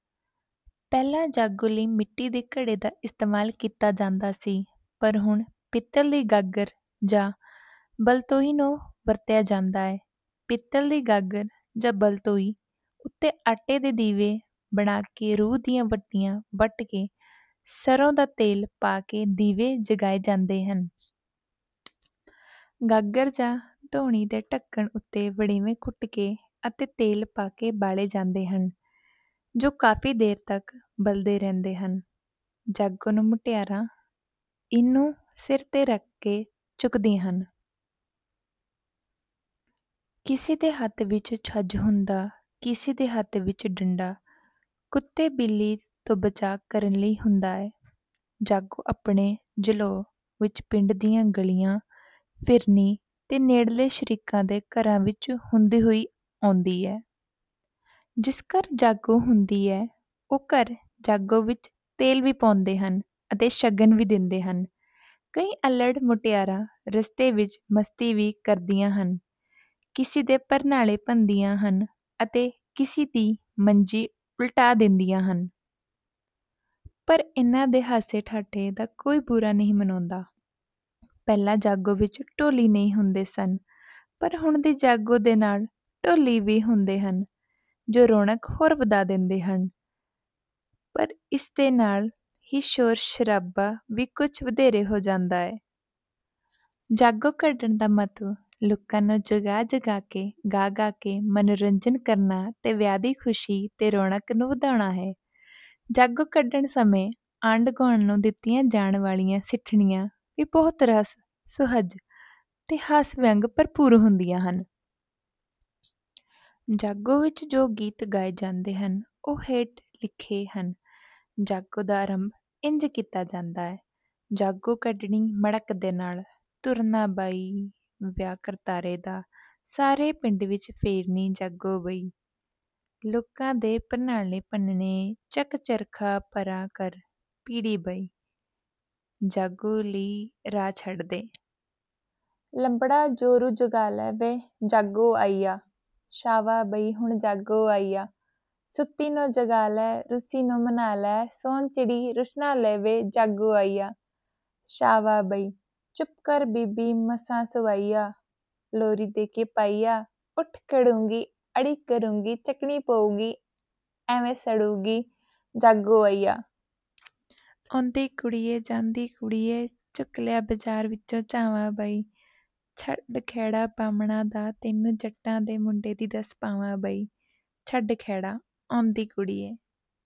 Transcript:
ਪਹਿਲਾਂ ਜਾਗੋ ਲਈ ਮਿੱਟੀ ਦੇ ਘੜੇ ਦਾ ਇਸਤੇਮਾਲ ਕੀਤਾ ਜਾਂਦਾ ਸੀ, ਪਰ ਹੁਣ ਪਿੱਤਲ ਦੀ ਗਾਗਰ ਜਾਂ ਬਲਟੋਹੀ ਨੂੰ ਵਰਤਿਆ ਜਾਂਦਾ ਹੈ। ਪਿੱਤਲ ਦੀ ਗਾਗਰ ਜਾਂ ਬਲਟੋਹੀ ਉੱਤੇ ਆਟੇ ਦੇ ਦੀਵੇ ਬਣਾ ਕੇ ਰੂੰ ਦੀਆਂ ਵੱਟੀਆਂ ਵੱਟ ਕੇ ਸਰ੍ਹੋਂ ਦਾ ਤੇਲ ਪਾ ਕੇ ਦੀਵੇ ਜਗਾਏ ਜਾਂਦੇ ਹਨ। ਗਾਗਰ ਜਾਂ ਦੋਹਣੀ ਦੇ ਢੱਕਣ ਉੱਤੇ ਵੜੇਵੇਂ ਕੁੱਟ ਕੇ ਅਤੇ ਤੇਲ ਪਾ ਕੇ ਬਾਲੇ ਜਾਂਦੇ ਹਨ। ਜੋ ਕਾਫ਼ੀ ਦੇਰ ਤੱਕ ਬਲਦੇ ਰਹਿੰਦੇ ਹਨ। ਜਾਗੋ ਨੂੰ ਮੁਟਿਆਰਾਂ ਇਹਨੂੰ ਸਿਰ ਤੇ ਰੱਖ ਕੇ ਚੁੱਕਦੀਆਂ ਹਨ। ਕਿਸੇ ਦੇ ਹੱਥ ਵਿੱਚ ਛੱਜ ਹੁੰਦਾ ਹੈ, ਕਿਸੇ ਦੇ ਹੱਥ ਵਿੱਚ ਡੰਡਾ, ਕੁੱਤੇ ਬਿੱਲੀ ਤੋਂ ਬਚਾਅ ਕਰਨ ਲਈ ਹੁੰਦਾ ਹੈ। ਜਾਗੋ ਆਪਣੇ ਜਲੌਅ ਵਿੱਚ ਪਿੰਡ ਦੀਆਂ ਗਲੀਆਂ, ਫਿਰਨੀ ਤੇ ਨੇੜਲੇ ਸ਼ਰੀਕੇ ਦੇ ਘਰਾਂ ਵਿੱਚ ਹੁੰਦੀ ਹੋਈ ਆਉਂਦੀ ਹੈ। ਜਿਸ ਘਰ ਜਾਗੋ ਹੁੰਦੀ ਹੈ ਉਹ ਘਰ ਜਾਗੋ ਵਿੱਚ ਤੇਲ ਵੀ ਪਾਉਂਦੇ ਹਨ ਅਤੇ ਸ਼ਗਨ ਵੀ ਦਿੰਦੇ ਹਨ। ਕਈ ਅੱਲ੍ਹੜ ਮੁਟਿਆਰਾਂ ਰਸਤੇ ਵਿੱਚ ਮਸਤੀ ਵੀ ਕਰਦੀਆਂ ਹਨ। ਕਿਸੇ ਦੇ ਪਰਨਾਲੇ ਭੰਨਦੀਆਂ ਹਨ ਅਤੇ ਕਿਸੇ ਦੀ ਮੰਜੀ ਉਲਟਾ ਦਿੰਦੀਆਂ ਹਨ। ਪਰ ਇਹਨਾਂ ਦੇ ਹਾਸੇ-ਠੱਠੇ ਦਾ ਕੋਈ ਬੁਰਾ ਨਹੀਂ ਮਨਾਉਂਦਾ। ਪਹਿਲਾਂ ਜਾਗੋ ਵਿੱਚ ਢੋਲੀ ਨਹੀਂ ਹੁੰਦੇ ਸਨ, ਪਰ ਹੁਣ ਦੀ ਜਾਗੋ ਦੇ ਨਾਲ ਢੋਲੀ ਵੀ ਹੁੰਦੇ ਹਨ, ਜੋ ਰੌਣਕ ਹੋਰ ਵਧਾ ਦਿੰਦੇ ਹਨ। ਪਰ ਇਸ ਦੇ ਨਾਲ ਹੀ ਸ਼ੋਰ-ਸ਼ਰਾਬਾ ਵੀ ਕੁੱਝ ਵਧੇਰੇ ਹੋ ਜਾਂਦਾ ਹੈ। ਜਾਗੋ ਕੱਢਣ ਦਾ ਮੰਤਵ ਲੋਕਾਂ ਨੂੰ ਜਗਾ-ਜਗਾ ਕੇ, ਗਾ-ਗਾ ਕੇ ਮਨੋਰੰਜਨ ਕਰਨਾ ਤੇ ਵਿਆਹ ਦੀ ਖ਼ੁਸ਼ੀ ਤੇ ਰੌਣਕ ਨੂੰ ਵਧਾਉਣਾ ਹੈ। ਜਾਗੋ ਕੱਢਣ ਸਮੇਂ ਆਂਢ-ਗੁਆਂਢ ਨੂੰ ਦਿੱਤੀਆਂ ਜਾਣ ਵਾਲੀਆਂ ਸਿੱਠਣੀਆਂ ਵੀ ਬਹੁਤ ਰਸ, ਸੁਹਜ ਤੇ ਹਾਸ-ਵਿਅੰਗ ਭਰਪੂਰ ਹੁੰਦੀਆਂ ਹਨ। ਜਾਗੋ ਵਿੱਚ ਜੋ ਗੀਤ ਗਾਏ ਜਾਂਦੇ ਹਨ ਉਹ ਹੇਠ ਲਿਖੇ ਹਨ। ਜਾਗੋ ਦਾ ਆਰੰਭ ਇੰਜ ਕੀਤਾ ਜਾਂਦਾ ਹੈ: ਜਾਗੋ ਕੱਢਣੀ ਮੜ੍ਹਕ ਨਾਲ, ਤੁਰਨਾ ਬਈ ਵਿਆਹ ਕਰਤਾਰੇ ਦਾ, ਸਾਰੇ ਪਿੰਡ ਵਿੱਚ ਫੇਰਨੀ ਜਾਗੋ ਬਈ, ਲੋਕਾਂ ਦੇ ਪਰਨਾਲੇ ਭੰਨਣੇ, ਚੱਕ ਚਰਖਾ ਪਰ੍ਹਾਂ ਕਰ ਪੀੜ੍ਹੀ ਬਈ, ਜਾਗੋ ਲਈ ਰਾਹ ਛੱਡ ਦੇ। ਲੰਬੜਾ ਜੋਰੂ ਜਗਾ ਲੈ ਵੇ, ਜਾਗੋ ਆਈ ਆ, ਸ਼ਾਵਾ ਬਈ ਹੁਣ ਜਾਗੋ ਆਈ ਆ, ਸੁੱਤੀ ਨੂੰ ਜਗਾ ਲੈ, ਰੁੱਸੀ ਨੂੰ ਮਨਾ ਲੈ, ਸੋਨ ਚਿੜੀ ਰੁਸ਼ਨਾ ਲੈ ਵੇ, ਜਾਗੋ ਆਈ ਆ, ਸਾਵ ਬਈ। ਚੁੱਪ ਕਰ ਬੀਬੀ, ਮਸਾਂ ਸਵਾਈ ਆ, ਲੋਰੀ ਦੇ ਕੇ ਪਾਈ ਆ, ਉੱਠ ਖੜੂਗੀ ਅੜੀ ਕਰੂਗੀ, ਚੱਕਣੀ ਪਊਗੀ, ਐਵੇਂ ਸੜੂਗੀ, ਜਾਗੋ ਆਈ ਆ। ਆਉਂਦੀ ਕੁੜੀਏ ਜਾਂਦੀ ਕੁੜੀਏ, ਚੁੱਕ ਲਿਆ ਬਾਜ਼ਾਰ ਵਿੱਚੋਂ ਝਾਵਾਂ ਬਈ, ਛੱਡ ਖਹਿੜਾ ਬਾਹਮਣਾ ਦਾ, ਤੈਨੂੰ ਜੱਟਾਂ ਦੇ ਮੁੰਡੇ ਦੀ ਦੱਸ ਪਾਵਾਂ ਬਈ, ਛੱਡ ਖਹਿੜਾ। ਆਉਂਦੀ ਕੁੜੀਏ